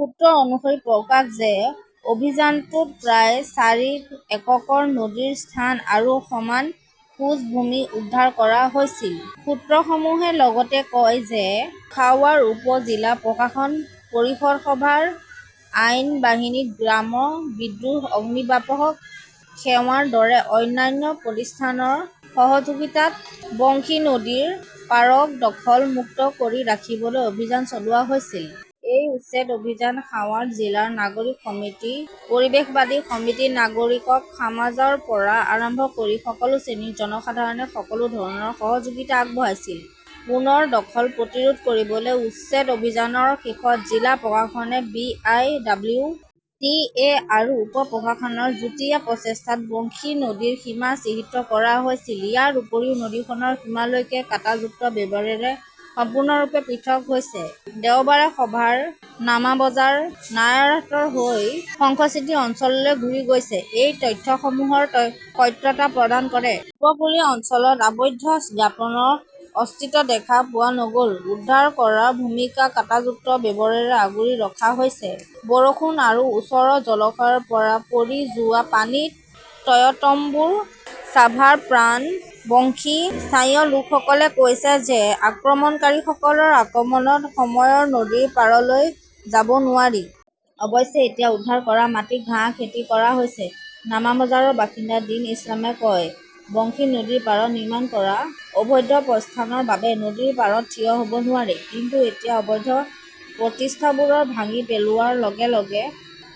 সুত্ৰ অনুসৰি প্ৰকাশ যে, অভিযানটোত প্ৰায় চাৰি একৰ নদীৰ স্থান আৰু সমান খছ ভূমি উদ্ধাৰ কৰা হৈছিল। সূত্ৰসমূহে লগতে কয় যে সাৱাৰ উপ-জিলা প্ৰশাসন, পৌৰসভা, আইন বাহিনী, গ্ৰাম্য বিদ্যুৎ, অগ্নিনিৰ্বাপক ক্ষেৱাৰ দৰে অন্যান্য প্ৰতিষ্ঠানৰ সহযোগিতাত বংশী নদীৰ পাৰক দখল-মুক্ত কৰি ৰাখিবলৈ অভিযান চলোৱা হৈছিল। এই উচ্ছেদ অভিযানত সাৱাৰ জিলাৰ নাগৰিক সমিতি পৰিৱেশবাদী সমিতি, নাগৰিক সমাজৰ পৰা আৰম্ভ কৰি সকলো শ্ৰেণীৰ জনসাধাৰণে সকলো ধৰণৰ সহযোগিতা আগবঢ়াইছিল। পুনৰ দখল প্ৰতিৰোধ কৰিবলৈ উচ্ছেদ অভিযানৰ শেষত জিলা প্ৰশাসন, B. I. W. T. A. আৰু উপ-প্ৰশাসনৰ যুটীয়া প্ৰচেষ্টাত বংশী নদীৰ সীমা চিহ্নিত কৰা হৈছিল। ইয়াৰ উপৰিও নদীখনৰ সীমালৈকে কাঁটাযুক্ত বেৰেৰে সম্পূৰ্ণৰূপে পৃথক কৰা হৈছে। দেওবাৰে সাভাৰৰ নামাবাজাৰ, নায়াৰহাট হৈ সংচিটি অঞ্চললৈ ঘূৰি গৈ এই তথ্যসমূহৰ সত্যতা প্ৰদান কৰে। উপকূলীয় অঞ্চলত আবৈধ স্থাপনাৰ অস্তিত্ব দেখা পোৱা নগ'ল। উদ্ধাৰ কৰা ভূমিক কাঁটাযুক্ত বেৰেৰে আগুৰি ৰখা হৈছে। বৰষুণ আৰু ওচৰৰ জলাশয়ৰ পৰা পৰি যোৱা পানীত টয়টমবুৰ চাভাৰ প্ৰাণ বংশী। স্থানীয় লোকসকলে কৈছিল যে আক্ৰমণকাৰীসকলৰ আক্ৰমণত এসময়ত নদীৰ পাৰলৈ যাব নোৱাৰি। অৱশ্যে, এতিয়া উদ্ধাৰ কৰা মাটিত ঘাঁহ খেতি কৰা হৈছে। নামাবাজাৰৰ বাসিন্দা দিন ইছলামই কয়, বংশী নদীৰ পাৰত নিৰ্মাণ কৰা অবৈধ প্ৰতিষ্ঠানৰ বাবে নদীৰ পাৰত থিয় হ'ব নোৱাৰি। কিন্তু এতিয়া অবৈধ প্ৰতিষ্ঠানবোৰ ভাঙি পেলোৱাৰ লগে লগে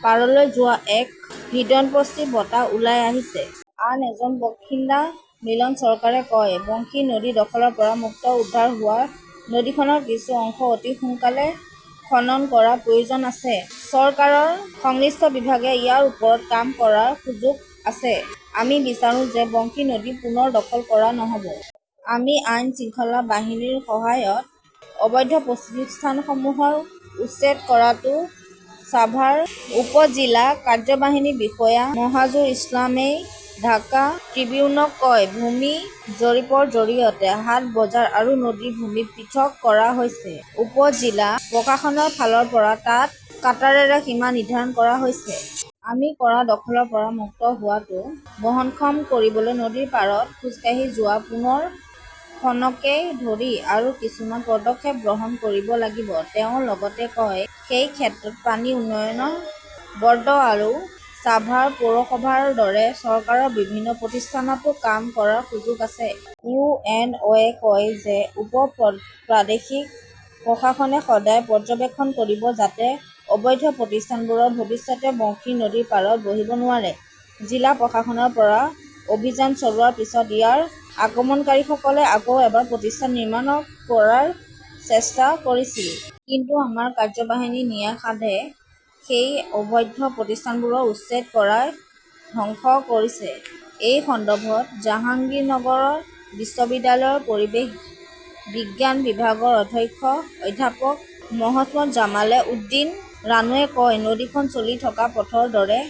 পাৰলৈ যোৱা এক হৃদয়স্পৰ্শী বতাহ ওলাই আহিছে। আন এজন বাসিন্দা মিলন চৰকাৰে কয়, বংশী নদী দখলৰ পৰা মুক্ত। উদ্ধাৰ হোৱা নদীখনৰ কিছু অংশ অতি সোনকালে খনন কৰাৰ প্ৰয়োজন আছে। চৰকাৰৰ সংশ্লিষ্ট বিভাগে ইয়াৰ ওপৰত কাম কৰাৰ সুযোগ আছে। আমি বিচাৰো যে বংশী নদী পুনৰ দখল কৰা নহ 'ব। আমি আইন-শৃংখলা বাহিনীৰ সহায়ত অবৈধ প্ৰতিষ্ঠানসমূহ উচ্ছেদ কৰিছো, ছাভাৰ উপ-জিলা কাৰ্যবাহী বিষয়া মাজহাৰুল ইছলামই ঢাকা ট্ৰিবিউনক কয়। ভূমি জৰীপৰ জৰিয়তে হাট-বজাৰ আৰু নদীৰ ভূমি পৃথক কৰা হৈছে। উপ-জিলা প্ৰশাসনৰ ফালৰ পৰা তাত কাঁটাৰেৰে সীমা নিৰ্ধাৰণ কৰা হৈছে। আমি কৰা দখলৰ পৰা মুক্ত হোৱাটো বহনক্ষম কৰিবলৈ নদীৰ পাৰত খোজকাঢ়ি যোৱা, পুনৰ খননকে ধৰি আৰু কিছুমান পদক্ষেপ গ্ৰহণ কৰিব লাগিব, তেওঁ লগতে কয়। সেই ক্ষেত্ৰত পানী উন্নয়ন ব'ৰ্ড আৰু ছাভাৰ পৌৰসভাৰ দৰে চৰকাৰৰ বিভিন্ন প্ৰতিষ্ঠানতো কাম কৰাৰ সুযোগ আছে। "ইউ. এন. অ". -য়ে কয় যে উপ-প্ৰাদেশিক প্ৰশাসনে সদায় পৰ্যবেক্ষণ কৰিব যাতে অবৈধ প্ৰতিষ্ঠানবোৰ ভৱিষ্যতে বংশী নদীৰ পাৰত বহিব নোৱাৰে। "জিলা প্ৰশাসনৰ পৰা অভিযান চলোৱাৰ পিছত ইয়াত আক্ৰমণকাৰীসকলে আকৌ এবাৰ প্ৰতিষ্ঠান নিৰ্মাণৰ চেষ্টা কৰিছিল। কিন্তু আমাৰ কাৰ্যবাহী ন্যায়াধীশে সেই অবৈধ প্ৰতিষ্ঠানবোৰ উচ্ছেদ কৰি ধ্বংস কৰিছে। এই সন্দৰ্ভত জাহাংগীৰনগৰ বিশ্ববিদ্যালয়ৰ পৰিৱেশ বিজ্ঞান বিভাগৰ অধ্যক্ষ অধ্যাপক মহম্মদ জামাল উদ্দীন ৰানুৱে কয়, নদীখন চলি থকা পথৰ দৰে।